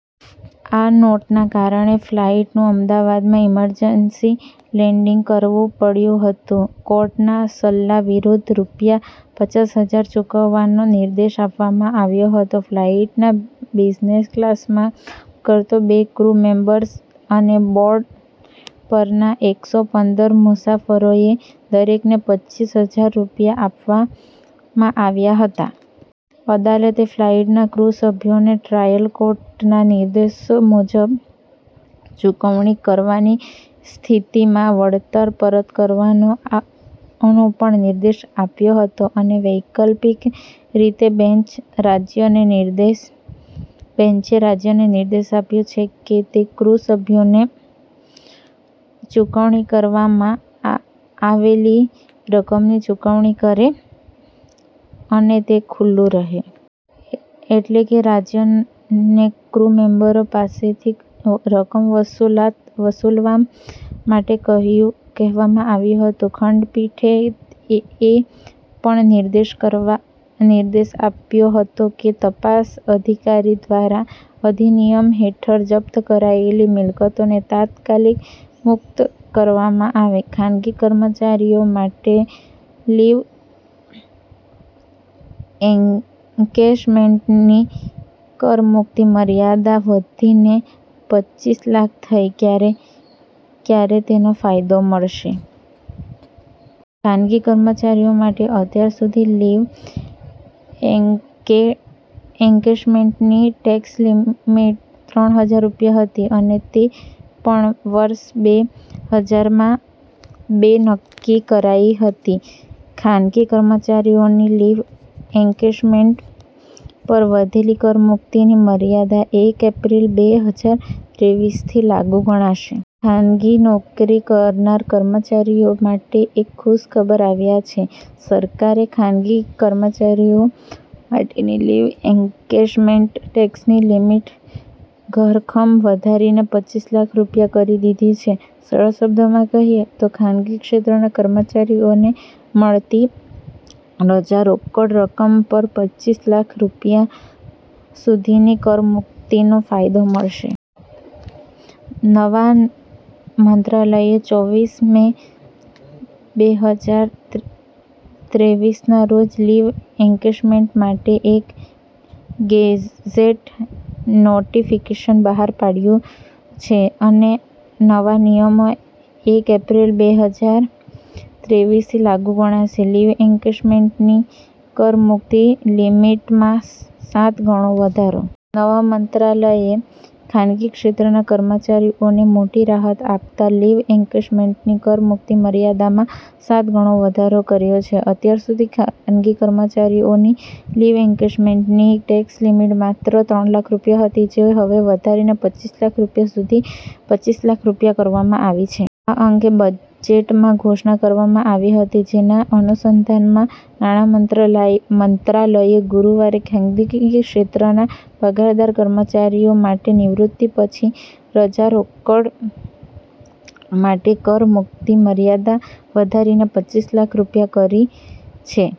આ નોટના કારણે ફ્લાઈટનું અમદાવાદમાં ઈમરજન્સી લેન્ડિંગ કરવું પડ્યું હતું. કોર્ટે સલ્લા વિરુદ્ધ રૂપિયા પચાસ હજાર ચૂકવવાનો નિર્દેશ આપવામાં આવ્યો હતો. ફ્લાઇટના બિઝનેસ ક્લાસમાં કામ કરતા બે ક્રૂ મેમ્બર્સ અને બોર્ડ પરના એકસો પંદર મુસાફરોને દરેકને પચ્ચીસ હજાર રૂપિયા આપવામાં આવ્યા હતા. અદાલતે ફ્લાઇટના ક્રૂ સભ્યોને ટ્રાયલ કોર્ટના નિર્દેશો મુજબ ચૂકવણી કરવાની સ્થિતિમાં વળતર પરત કરવાનો પણ નિર્દેશ આપ્યો હતો અને વૈકલ્પિક રીતે, બેન્ચે રાજ્યને નિર્દેશ આપ્યો કે, તે "ક્રુ સભ્યોને ચૂકવણી કરવામાં આવેલી રકમની ચૂકવણી કરે, અને તે ખુલ્લું રહે." એટલે કે, રાજ્યને ક્રૂ મેમ્બરો પાસેથી રકમ વસૂલવા માટે કહેવામાં આવ્યું હતું. ખંડપીઠે એ પણ નિર્દેશ આપ્યો હતો કે, તપાસ અધિકારી દ્વારા અધિનિયમ હેઠળ જપ્ત કરાયેલી મિલકતોને "તાત્કાલિક મુક્ત કરવામાં આવે". ખાનગી કર્મચારીઓ માટે લીવ એન્કેશમેન્ટની કર મુક્તિ મર્યાદા વધીને પચ્ચીસ લાખ થઇ, ક્યારે તેનો ફાયદો મળશે? ખાનગી કર્મચારીઓ માટે અત્યાર સુધી લીવ એન્કેશમેન્ટની ટેક્સ લિમિટ ત્રણ લાખ રૂપિયા હતી અને તે પણ વર્ષ બે હજાર બેમાં નક્કી કરાઇ હતી. ખાનગી કર્મચારીઓની લીવ એન્કેશમેન્ટ પર વધેલી કર મુક્તિની મર્યાદા એક એપ્રિલ, બે હજાર ત્રેવીસથી લાગુ ગણાશે. ખાનગી નોકરી કરનાર કર્મચારીઓ માટે એક ખુશ ખબર આવ્યા છે. સરકારે ખાનગી કર્મચારીઓ માટેની લીવ એન્કેશમેન્ટ ટેક્સની લિમિટ ધરખમ વધારીને પચ્ચીસ લાખ રૂપિયા કરી દીધી છે. સરળ શબ્દોમાં કહીયે તો ખાનગી ક્ષેત્રના કર્મચારીઓને મળતી રજા રોકડ રકમ પર પચ્ચીસ લાખ રૂપિયા સુધીની કર મુક્તિનો ફાયદો મળશે. નાણા મંત્રાલયે ચોવીસ મે બેહજાર ત્રેવીસના રોજ લીવ એન્કેશમેન્ટ માટે એક ગેઝેટ નોટિફિકેશન પણ બહાર પાડ્યું છે અને નવા નિયમો એક એપ્રિલ, બેહજાર ત્રેવીસથી લાગુ ગણાશે. લીવ એન્કેશમેન્ટની કર મુક્તિ લિમિટમાં સાત ગણો વધારો. નાણાં મંત્રાલયે ખાનગી ક્ષેત્રના કર્મચારીઓને મોટી રાહત આપતા લીવ એન્કેશમેન્ટની કર મુક્તિ મર્યાદામાં સાત ગણો વધારો કર્યો છે. અત્યાર સુધી ખાનગી કર્મચારીઓની લીવ એન્કેશમેન્ટની ટેક્સ લિમિટ માત્ર ત્રણ લાખ રૂપિયા હતી, જે હવે વધારીને પચ્ચીસ લાખ રૂપિયા કરવામાં આવી છે. આ અંગે બજેટમાં ઘોષણા કરવામાં આવી હતી. જેના અનુસંધાનમાં નાણા મંત્રાલયે ગુરુવારે ખાનગી ક્ષેત્રના પગારદાર કર્મચારીઓ માટે નિવૃત્તિ પછી રજા રોકડ માટે કર મુક્તિ મર્યાદા વધારીને પચ્ચીસ લાખ રૂપિયા કરી છે.